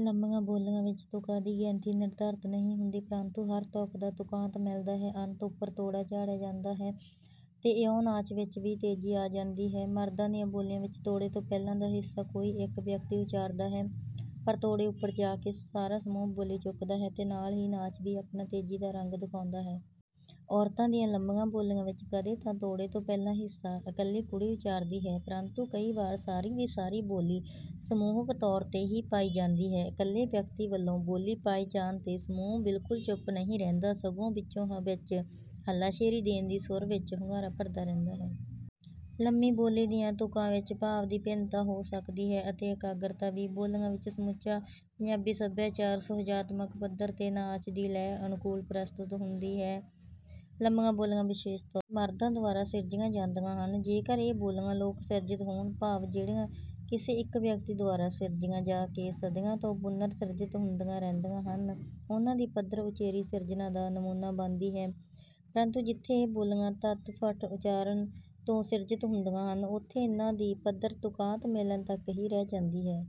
ਲੰਮੀਆਂ ਬੋਲੀਆ ਵਿਚ ਤੁਕਾਂ ਦੀ ਗਿਣਤੀ ਨਿਰਧਾਰਤ ਨਹੀਂ ਹੁੰਦੀ| ਪਰੰਤੂ ਹਰ ਤੁਕ ਦਾ ਤੁਕਾਂਤ ਮਿਲ਼ਦਾ ਹੈ। ਅੰਤ ਉਪਰ ਤੋੜਾ ਝਾੜਿਆ ਜਾਂਦਾ ਹੈ ਤੇ ਇਉਂ ਨਾਚ ਵਿਚ ਵੀ ਤੇਜ਼ੀ ਆ ਜਾਂਦੀ ਹੈ। ਮਰਦਾਂ ਦੀਆਂ ਬੋਲੀਆਂ ਵਿਚ ਤੋੜੇ ਤੋਂ ਪਹਿਲਾਂ ਦਾ ਹਿੱਸਾ ਕੋਈ ਇਕ ਵਿਅਕਤੀ ਉਚਾਰਦਾ ਹੈ ਪਰ ਤੋੜੇ ਉਪਰ ਜਾ ਕੇ ਸਾਰਾ ਸਮੂਹ ਬੋਲੀ ਚੁੱਕਦਾ ਹੈ ਤੇ ਨਾਲ ਹੀ ਨਾਚ ਵੀ ਆਪਣਾ ਤੇਜ਼ੀ ਦਾ ਰੰਗ ਦਿਖਾਉਂਦਾ ਹੈ। ਔਰਤਾਂ ਦੀਆਂ ਲੰਮੀਆਂ ਬੋਲੀਆਂ ਵਿਚ ਕਦੇ ਤਾਂ ਤੋੜੇ ਤੋਂ ਪਹਿਲਾ ਹਿੱਸਾ ਇਕੱਲੀ ਕੁੜੀ ਉਚਾਰਦੀ ਹੈ ਪਰੰਤੂ ਕਈ ਵਾਰ ਸਾਰੀ ਦੀ ਸਾਰੀ ਬੋਲੀ ਸਮੂਹਿਕ ਤੌਰ ਤੇ ਹੀ ਪਾਈ ਜਾਂਦੀ ਹੈ। ਇਕੱਲੇ ਵਿਅਕਤੀ ਵਲੋਂ ਬੋਲੀ ਪਾਏ ਜਾਣ ਤੇ ਸਮੂਹ ਬਿਲਕੁਲ ਚੁੱਪ ਨਹੀਂ ਰਹਿੰਦਾ ਸਗੋਂ ਵਿਚੋ ਵਿਚ ਹਲਾਸ਼ੇਰੀ ਦੇਣ ਦੀ ਸੁਰ ਵਿਚ ਹੁੰਗਾਰਾ ਭਰਦਾ ਰਹਿੰਦਾ ਹੈ। ਲੰਮੀ ਬੋਲੀ ਦੀਆਂ ਤੁਕਾਂ ਵਿਚ ਭਾਵ ਦੀ ਭਿੰਨਤਾ ਹੋ ਸਕਦੀ ਹੈ ਅਤੇ ਇਕਾਗਰਤਾ ਵੀ। ਬੋਲੀਆਂ ਵਿਚ ਸਮੁੱਚਾ ਪੰਜਾਬੀ ਸਭਿਆਚਾਰ ਸੁਹਜਾਤਮਕ ਪੱਧਰ ਤੇ ਨਾਚ ਦੀ ਲੈਅ ਅਨੁਕੂਲ ਪ੍ਰਸਤੁਤ ਹੁੰਦੀ ਹੈ। ਲੰਮੀਆਂ ਬੋਲੀਆਂ ਵਿਸ਼ੇਸ਼ ਤੌਰ ਤੇ ਮਰਦਾਂ ਦੁਆਰਾ ਸਿਰਜੀਆਂ ਜਾਂਦੀਆਂ ਹਨ, ਜੇ ਕਰ ਇਹ ਬੋਲੀਆ ਲੋਕ ਸਿਰਜਤ ਹੋਣ| ਭਾਵ ਜਿਹੜੀਆ ਕਿਸੇ ਇਕ ਵਿਅਕਤੀ ਦੁਆਰਾ ਸਿਰਜੀਆਂ ਜਾ ਕੇ ਸਦੀਆਂ ਤੋਂ ਪੁਨਰ ਸਿਰਜਿਤ ਹੁੰਦੀਆਂ ਰਹਿੰਦੀਆ ਹਨ| ਉਨ੍ਹਾਂ ਦੀ ਪੱਧਰ ਉਚੇਰੀ ਸਿਰਜਣਾ ਦਾ ਨਮੂਨਾ ਬਣਦੀ ਹੈ ਪਰੰਤੂ ਜਿੱਥੇ ਇਹ ਬੋਲੀਆਂ ਤੱਤਫੱਟ ਉਚਾਰਣ ਤੋਂ ਸਿਰਜਿਤ ਹੁੰਦੀਆਂ ਹਨ ਉੱਥੇ ਇਨ੍ਹਾਂ ਦੀ ਪੱਧਰ ਤੁਕਾਂਤ ਮੇਲਣ ਤਕ ਹੀ ਰਹਿ ਜਾਂਦੀ ਹੈ।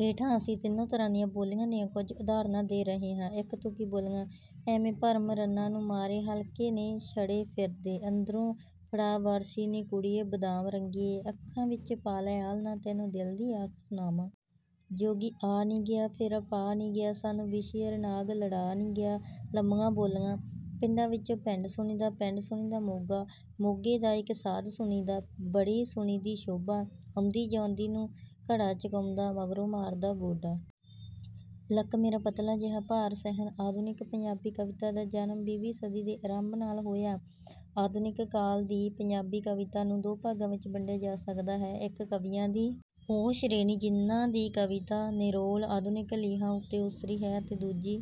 ਹੇਠਾਂ ਅਸੀਂ ਤਿੰਨੋਂ ਤਰ੍ਹਾਂ ਦੀਆਂ ਬੋਲੀਆਂ ਦੀਆਂ ਕੁਝ ਉਦਾਹਣਾਂ ਦੇ ਰਹੇ ਹਾਂ। ਇਕ ਤੁਕੀ ਬੋਲੀਆਂ, ਐਵੇਂ ਭਰਮ ਰੰਨਾਂ ਨੂੰ ਮਾਰੇ ਹਲਕੇ ਨੇ ਛੜੇ ਫਿਰਦੇ। ਅੰਦਰੋਂ ਫੜਾ ਬਰਛੀ ਨੀ ਕੁੜੀਏ ਬਦਾਮ ਰੰਗੀਏ। ਅੱਖਾਂ ਵਿਚ ਪਾ ਲੈ ਆਲ੍ਹਣਾ, ਤੈਨੂੰ ਦਿਲ ਦੀ ਆਖ ਸੁਣਾਵਾਂ। ਜੋਗੀ ਆ ਨੀ ਗਿਆ, ਫੇਰਾ ਪਾ ਨੀ ਗਿਆ, ਸਾਨੂੰ ਬਿਸੀਅਰ ਨਾਗ ਲੜਾ ਨੀ ਗਿਆ। ਲੰਮੀਆਂ ਬੋਲੀਆਂ, ਪਿੰਡਾਂ ਵਿਚੋਂ ਪਿੰਡ ਸੁਣੀਦਾ ਪਿੰਡ ਸੁਣੀਂਦਾ ਮੋਗਾ, ਮੋਗੇ ਦਾ ਇਕ ਸਾਧ ਸੁਣੀਂਦਾ ਬੜੀ ਸੁਣੀਂਦੀ ਸੋਭਾ। ਆਉਂਦੀ ਜਾਂਦੀ ਨੂੰ ਘੜਾ ਚਕਾਉਂਦਾ ਮਗਰੋਂ ਮਾਰਦਾ ਗੋਡਾ। ਲੱਕ ਮੇਰਾ ਪਤਲਾ ਜਿਹਾ ਭਾਰ ਸਹਿਣ। ਆਧੁਨਿਕ ਪੰਜਾਬੀ ਕਵਿਤਾ ਦਾ ਜਨਮ ਵੀਹਵੀਂ ਸਦੀ ਦੇ ਆਰੰਭ ਨਾਲ ਹੋਇਆ। ਆਧੁਨਿਕ ਕਾਲ ਦੀ ਪੰਜਾਬੀ ਕਵਿਤਾ ਨੂੰ ਦੋ ਭਾਗਾਂ ਵਿੱਚ ਵੰਡਿਆ ਜਾ ਸਕਦਾ ਹੈ। ਇੱਕ ਕਵੀਆਂ ਦੀ ਉਹ ਸ਼੍ਰੇਣੀ ਜਿਹਨਾਂ ਦੀ ਕਵਿਤਾ ਨਿਰੋਲ ਆਧੁਨਿਕ ਲੀਹਾਂ ਉੱਤੇ ਉਸਰੀ ਹੈ, ਅਤੇ ਦੂਜੀ